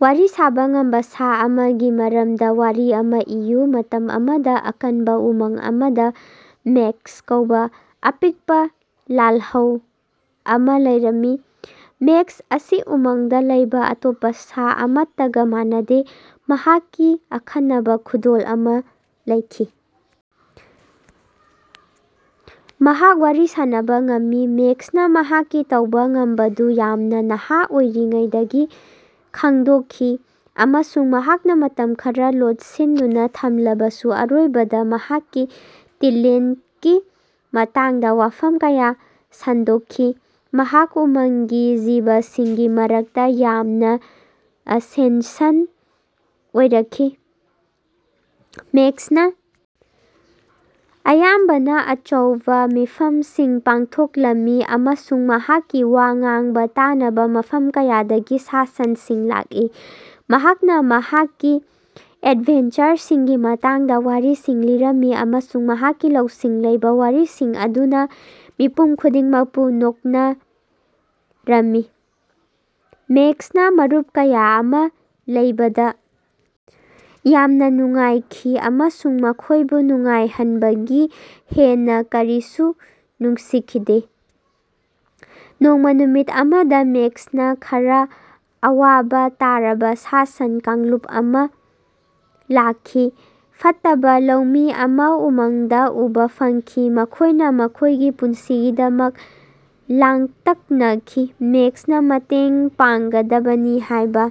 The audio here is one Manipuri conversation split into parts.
ꯋꯥꯔꯤ ꯁꯥꯕ ꯉꯝꯕ ꯁꯥ ꯑꯃꯒꯤ ꯃꯔꯝꯗ ꯋꯥꯔꯤ ꯑꯃ ꯏꯕꯤꯌꯨ꯫ ꯃꯇꯝ ꯑꯃꯗ, ꯑꯀꯟꯕ ꯎꯃꯪ ꯑꯃꯗ, ꯃꯦꯛꯁ ꯀꯧꯕ ꯑꯄꯤꯛꯄ ꯂꯥꯜꯍꯧ ꯑꯃ ꯂꯩꯔꯝꯃꯤ꯫ ꯃꯦꯛꯁ ꯑꯁꯤ ꯎꯃꯪꯗ ꯂꯩꯕ ꯑꯇꯣꯞꯄ ꯁꯥ ꯑꯃꯠꯇꯒ ꯃꯥꯟꯅꯗꯦ꯫ ꯃꯍꯥꯛꯀꯤ ꯑꯈꯟꯅꯕ ꯈꯨꯗꯣꯜ ꯑꯃ ꯂꯩꯈꯤ꯫ ꯃꯍꯥꯛ ꯋꯥꯔꯤ ꯁꯥꯟꯅꯕ ꯉꯝꯃꯤ꯫ ꯃꯦꯛꯁꯅ ꯃꯍꯥꯛꯀꯤ ꯇꯧꯕ ꯉꯝꯕꯗꯨ ꯌꯥꯝꯅ ꯅꯍꯥ ꯑꯣꯏꯔꯤꯉꯩꯗ ꯈꯪꯗꯣꯛꯈꯤ ꯑꯃꯁꯨꯡ ꯃꯍꯥꯛꯅ ꯃꯇꯝ ꯈꯔ ꯂꯣꯠꯁꯤꯟꯗꯨꯅ ꯊꯝꯂꯕꯁꯨ ꯑꯔꯣꯏꯕꯗ ꯃꯍꯥꯛꯀꯤ ꯇꯦꯂꯦꯟꯇꯀꯤ ꯃꯇꯥꯡꯗ ꯋꯥꯐꯝ ꯀꯌꯥ ꯁꯟꯗꯣꯛꯈꯤ꯫ ꯃꯍꯥꯛ ꯎꯃꯪꯒꯤ ꯖꯤꯕꯁꯤꯡꯒꯤ ꯃꯔꯛꯇ ꯌꯥꯝꯅ ꯁꯦꯟꯁꯟ ꯑꯣꯏꯔꯛꯈꯤ꯫ ꯃꯦꯛꯁꯅ ꯑꯌꯥꯝꯕꯅ ꯑꯆꯧꯕ ꯃꯤꯐꯝꯁꯤꯡ ꯄꯥꯡꯊꯣꯛꯂꯝꯃꯤ ꯑꯃꯁꯨꯡ ꯃꯍꯥꯛꯀꯤ ꯋꯥ ꯉꯥꯡꯕ ꯇꯥꯅꯕ ꯃꯐꯝ ꯀꯌꯥꯗꯒꯤ ꯁꯥ-ꯁꯟꯁꯤꯡ ꯂꯥꯛꯏ꯫ ꯃꯍꯥꯛꯅ ꯃꯍꯥꯛꯀꯤ ꯑꯦꯗꯚꯦꯟꯆꯔꯁꯤꯡꯒꯤ ꯃꯇꯥꯡꯗ ꯋꯥꯔꯤꯁꯤꯡ ꯂꯤꯔꯝꯃꯤ ꯑꯃꯁꯨꯡ ꯃꯍꯥꯛꯀꯤ ꯂꯧꯁꯤꯡ ꯂꯩꯕ ꯋꯥꯔꯤꯁꯤꯡ ꯑꯗꯨꯅ ꯃꯤꯄꯨꯝ ꯈꯨꯗꯤꯡꯃꯛꯄꯨ ꯅꯣꯛꯅꯔꯝꯃꯤ꯫ ꯃꯦꯛꯁꯅ ꯃꯔꯨꯞ ꯀꯌꯥ ꯑꯃ ꯂꯩꯕꯗ ꯌꯥꯝꯅ ꯅꯨꯡꯉꯥꯏꯈꯤ ꯑꯃꯁꯨꯡ ꯃꯈꯣꯏꯕꯨ ꯅꯨꯡꯉꯥꯏꯍꯟꯕꯗꯒꯤ ꯍꯦꯟꯅ ꯀꯔꯤꯁꯨ ꯅꯨꯡꯁꯤꯈꯤꯗꯦ꯫ ꯅꯣꯡꯃ ꯅꯨꯃꯤꯠ ꯑꯃꯗ ꯃꯦꯛꯁꯇ ꯈꯔ ꯑꯋꯥꯕ ꯇꯥꯔꯕ ꯁꯥ-ꯁꯟ ꯀꯥꯡꯂꯨꯞ ꯑꯃ ꯂꯥꯛꯈꯤ꯫ ꯐꯠꯇꯕ ꯂꯧꯃꯤ ꯑꯃ ꯎꯃꯪꯗ ꯎꯕ ꯐꯪꯈꯤ꯫ ꯃꯈꯣꯏꯅ ꯃꯈꯣꯏꯒꯤ ꯄꯨꯟꯁꯤꯒꯤꯗꯃꯛ ꯂꯥꯡꯇꯛꯅꯈꯤ꯫ ꯃꯦꯛꯁꯅ ꯃꯇꯦꯡ ꯄꯥꯡꯒꯗꯕꯅꯤ ꯍꯥꯏꯕ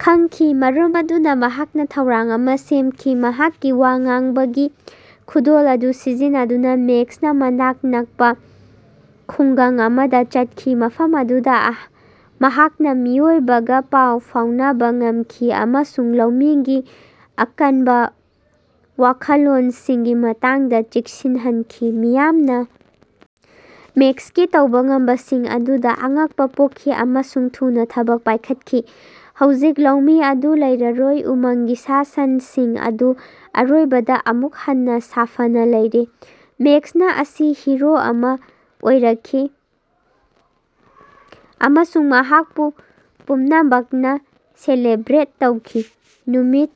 ꯈꯪꯈꯤ꯫ ꯃꯔꯝ ꯑꯗꯨꯅ ꯃꯍꯥꯛꯅ ꯊꯧꯔꯥꯡ ꯑꯃ ꯁꯦꯝꯈꯤ꯫ ꯃꯍꯥꯛꯀꯤ ꯋꯥ ꯉꯥꯡꯕꯒꯤ ꯈꯨꯗꯣꯜ ꯑꯗꯨ ꯁꯤꯖꯤꯟꯅꯗꯨꯅ ꯃꯦꯛꯁꯅ ꯃꯅꯥꯛ ꯅꯛꯄ ꯈꯨꯡꯒꯪ ꯑꯗꯨꯗ ꯆꯠꯈꯤ꯫ ꯃꯐꯝ ꯑꯗꯨꯗ ꯃꯍꯥꯛꯅ ꯃꯤꯑꯣꯏꯕꯒ ꯄꯥꯎ ꯐꯥꯎꯅꯕ ꯉꯝꯈꯤ ꯑꯃꯁꯨꯡ ꯂꯧꯃꯤꯒꯤ ꯑꯀꯟꯕ ꯋꯥꯈꯜꯂꯣꯟꯁꯤꯡꯒꯤ ꯃꯇꯥꯡꯗ ꯆꯦꯛꯁꯤꯟꯍꯟꯈꯤ꯫ ꯃꯤꯌꯥꯝꯅ ꯃꯦꯛꯁꯀꯤ ꯇꯧꯕ ꯉꯝꯕꯁꯤꯡ ꯑꯗꯨꯗ ꯑꯉꯛꯄ ꯄꯣꯛꯈꯤ ꯑꯃꯁꯨꯡ ꯊꯨꯅ ꯊꯕꯛ ꯄꯥꯏꯈꯠꯈꯤ꯫ ꯍꯧꯖꯤꯛ ꯂꯧꯃꯤ ꯑꯗꯨ ꯂꯩꯔꯔꯣꯏ, ꯎꯃꯪꯒꯤ ꯁꯥ-ꯁꯟꯁꯤꯡ ꯑꯗꯨ ꯑꯔꯣꯏꯕꯗ ꯑꯃꯨꯛ ꯍꯟꯅ ꯁꯥꯐꯅ ꯂꯩꯔꯦ꯫ ꯃꯦꯛꯁ ꯑꯁꯤ ꯍꯤꯔꯣ ꯑꯃ ꯑꯣꯏꯔꯛꯈꯤ ꯑꯃꯁꯨꯡ ꯃꯍꯥꯛꯄꯨ ꯄꯨꯝꯅꯃꯛꯅ ꯁꯦꯂꯦꯕ꯭ꯔꯦꯠ ꯇꯧꯈꯤ꯫ ꯅꯨꯃꯤꯠ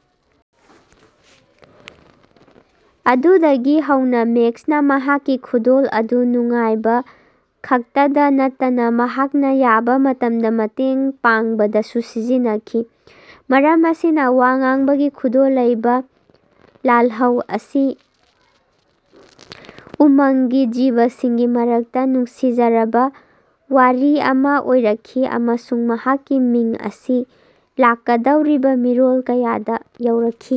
ꯑꯗꯨꯗꯒꯤ ꯍꯧꯅ ꯃꯦꯛꯁꯅ ꯃꯍꯥꯛꯀꯤ ꯈꯨꯗꯣꯜ ꯑꯗꯨ ꯅꯨꯡꯉꯥꯏꯕꯈꯛꯇꯗ ꯅꯠꯇꯅ ꯃꯍꯥꯛꯅ ꯌꯥꯕ ꯃꯇꯝꯗ ꯃꯇꯦꯡ ꯄꯥꯡꯕꯗꯁꯨ ꯁꯤꯖꯤꯟꯅꯈꯤ꯫ ꯃꯔꯝ ꯑꯁꯤꯅ, ꯋꯥ ꯉꯥꯡꯕꯒꯤ ꯈꯨꯗꯣꯜ ꯂꯩꯕ ꯂꯥꯜꯍꯧ ꯑꯁꯤ ꯎꯃꯪꯒꯤ ꯖꯤꯕꯁꯤꯡꯒꯤ ꯃꯔꯛꯇ ꯅꯨꯡꯁꯤꯖꯔꯕ ꯋꯥꯔꯤ ꯑꯃ ꯑꯣꯏꯔꯛꯈꯤ ꯑꯃꯁꯨꯡ ꯃꯍꯥꯛꯀꯤ ꯃꯤꯡ ꯑꯁꯤ ꯂꯥꯛꯀꯗꯧꯔꯤꯕ ꯃꯤꯔꯣꯜ ꯀꯌꯥꯗ ꯌꯧꯔꯛꯈꯤ꯫